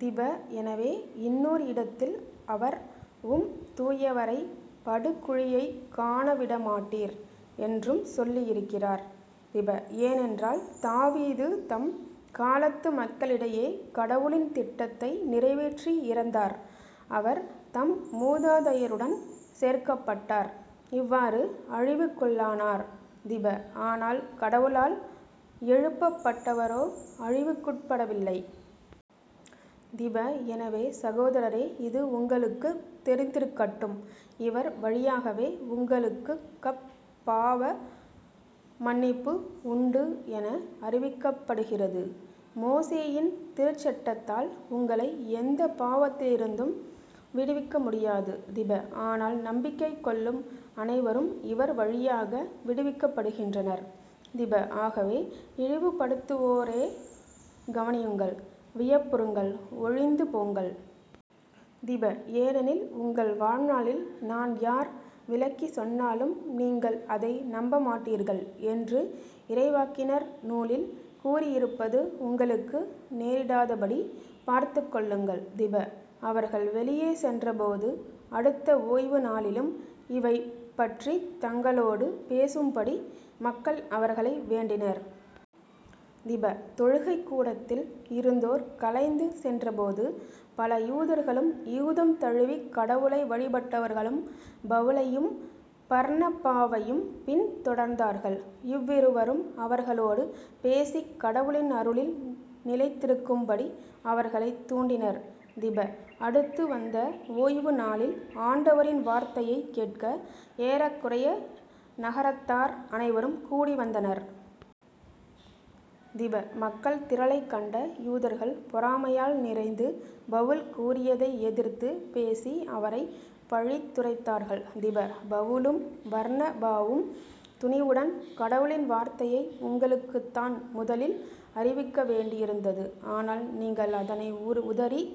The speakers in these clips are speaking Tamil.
திப. எனவே இன்னோர் இடத்தில் அவர் " உம் தூயவரை படுகுழியைக் காணவிடமாட்டீர் " என்றும் சொல்லியிருக்கிறார். திப. ஏனென்றால் தாவீது தம் காலத்து மக்களிடையே கடவுளின் திட்டத்தை நிறைவேற்றி இறந்தார். அவர் தம் மூதாதையருடன் சேர்க்கப்பட்டார் இவ்வாறு அழிவுக்குள்ளானார். திப. ஆனால் கடவுளால் எழுப்பப்பட்டவரோ அழிவுக்குட்படவில்லை. திப. எனவே சகோதரரே இது உங்களுக்குத் தெரிந்திருக்கட்டும் இவர் வழியாகவே உங்களுக்குகப் பாவ மன்னிப்பு உண்டு என அறிவிக்கப்படுகிறது. மோசேயின் திருச்சட்டத்தால் உங்களை எந்தப் பாவத்திலிருந்தும் விடுவிக்கமுடியாது. திப. ஆனால் நம்பிக்கை கொள்ளும் அனைவரும் இவர்வழியாக விடுவிக்கப்படுகின்றனர். திப. ஆகவே " இழிவுபடுத்துவோரே கவனியுங்கள், வியப்புறுங்கள், ஒழிந்து போங்கள். திப. ஏனெனில் உங்கள் வாழ்நாளில் நான் யார் விளக்கிச் சொன்னாலும் நீங்கள் அதை நம்பமாட்டீர்கள். " என்று இறைவாக்கினர் நூலில் கூறியிருப்பது உங்களுக்கு நேரிடாதபடி பார்த்துக்கொள்ளுங்கள். திப. அவர்கள் வெளியே சென்றபோது அடுத்த ஓய்வு நாளிலும் இவை பற்றித் தங்களோடு பேசும்படி மக்கள் அவர்களை வேண்டினர். திப. தொழுகைக் கூடத்தில் இருந்தோர் கலைந்து சென்றபோது பல யூதர்களும் யூதம் தழுவிக் கடவுளை வழிபட்டவர்களும் பவுலையும் பர்னபாவையும் பின் தொடர்ந்தார்கள். இவ்விருவரும் அவர்களோடு பேசிக் கடவுளின் அருளில் நிலைத்திருக்கும்படி அவர்களைத் தூண்டினர். திப. அடுத்து வந்த ஓய்வு நாளில் ஆண்டவரின் வார்த்தையைக் கேட்க ஏறக்குறைய நகரத்தார் அனைவரும் கூடி வந்தனர். திப. மக்கள் திரளைக் கண்ட யூதர்கள் பொறாமையால் நிறைந்து பவுல் கூறியதை எதிர்த்துப் பேசி அவரைப் பழித்துரைத்தார்கள். திப. பவுலும் பர்னபாவும் துணிவுடன் " கடவுளின் வார்த்தையை உங்களுக்குத்தான் முதலில் அறிவிக்க வேண்டியிருந்தது. ஆனால் நீங்கள் அதனை உதறித்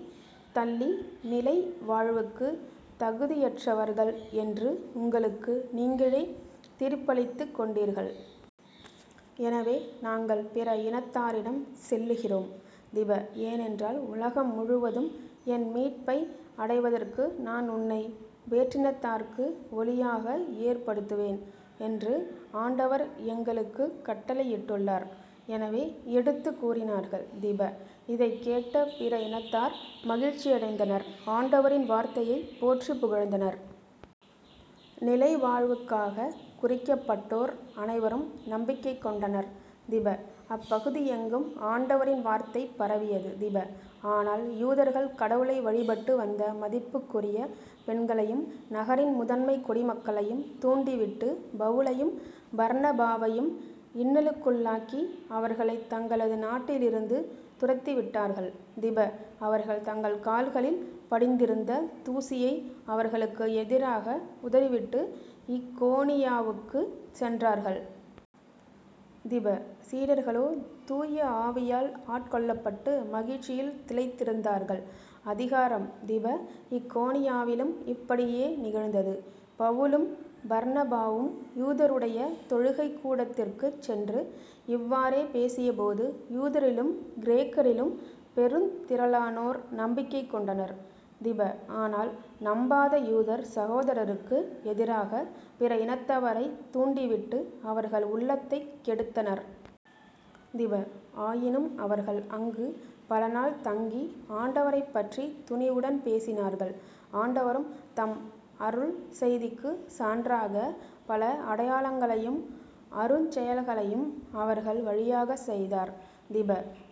தள்ளி நிலை வாழ்வுக்குத் தகுதியற்றவர்கள் என்று உங்களுக்கு நீங்களே தீர்ப்பளித்துக் கொண்டீர்கள். எனவே நாங்கள் பிற இனத்தாரிடம் செல்லுகிறோம். திப. ஏனென்றால் " உலகம் முழுவதும் என் மீட்பை அடைவதற்கு நான் உன்னை வேற்றினத்தார்க்கு ஒளியாக ஏற்படுத்துவேன் " என்று ஆண்டவர் எங்களுக்குக் கட்டளையிட்டுள்ளார் " என்று எடுத்துக் கூறினார்கள். திப. இதைக் கேட்ட பிற இனத்தார் மகிழ்ச்சியடைந்தனர் ஆண்டவரின் வார்த்தையைப் போற்றிப் புகழ்ந்தனர். நிலைவாழ்வுக்காகக் குறிக்கப்பட்டோ ர் அனைவரும் நம்பிக்கை கொண்டனர். திப. அப்பகுதியெங்கும் ஆண்டவரின் வார்த்தை பரவியது. திப. ஆனால் யூதர்கள் கடவுளை வழிபட்டு வந்த மதிப்புக்குரிய பெண்களையும் நகரின் முதன்மைக் குடிமக்களையும் தூண்டிவிட்டு பவுலையும் பர்னபாவையும் இன்னலுக்குள்ளாக்கி அவர்களைத் தங்களது நாட்டிலிருந்து துரத்திவிட்டார்கள். திப. அவர்கள் தங்கள் கால்களில் படிந்திருந்த தூசியை அவர்களுக்கு எதிராக உதறிவிட்டு இக்கோனியாவுக்குச் சென்றார்கள். திப. சீடர்களோ தூய ஆவியால் ஆட்கொள்ளப்பட்டு மகிழ்ச்சியில் திளைத்திருந்தார்கள்.. அதிகாரம் திப. இக்கோனியாவிலும் இப்படியே நிகழ்ந்தது. பவுலும் பர்னபாவும் யூதருடைய தொழுகைக் கூடத்திற்குச் சென்று இவ்வாறே பேசியபோது யூதரிலும் கிரேக்கரிலும் பெருந் திரளானோர் நம்பிக்கை கொண்டனர். திப. ஆனால் நம்பாத யூதர் சகோதரருக்கு எதிராகப் பிற இனத்தவரைத் தூண்டிவிட்டு அவர்கள் உள்ளத்தைக் கெடுத்தனர். திப. ஆயினும் அவர்கள் அங்குப் பல நாள் தங்கி ஆண்டவரைப்பற்றித் துணிவுடன் பேசினார்கள். ஆண்டவரும் தம் அருள் செய்திக்குச் சான்றாகப் பல அடையாளங்களையும் அருஞ்செயல்களையும் அவர்கள் வழியாகச் செய்தார். திப.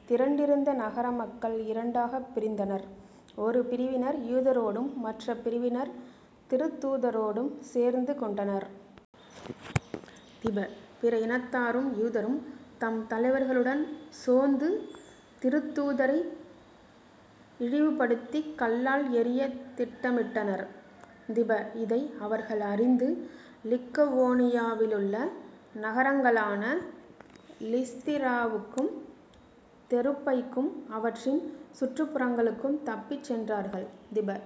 திரண்டிருந்த நகரமக்கள் இரண்டாகப் பிரித்தனர். ஒரு பிரிவினர் யூதரோடும் மற்றப் பிரிவினர் திருத்தூதரோடும் சேர்ந்துகொண்டனர். திப. பிற இனத்தாரும் யூதரும் தம் தலைவர்களுடன் சோந்து திருத்தூதரை இழிவுபடுத்தி கல்லால் எறியத் திட்டமிட்டனர். திப. இதை அவர்கள் அறிந்து லிக்கவோனியாவிலுள்ள நகரங்களான லிஸ்திராவுக்கும் தெருபைக்கும் அவற்றின் சுற்றுப்புறங்களுக்கும் தப்பிச் சென்றார்கள். திப.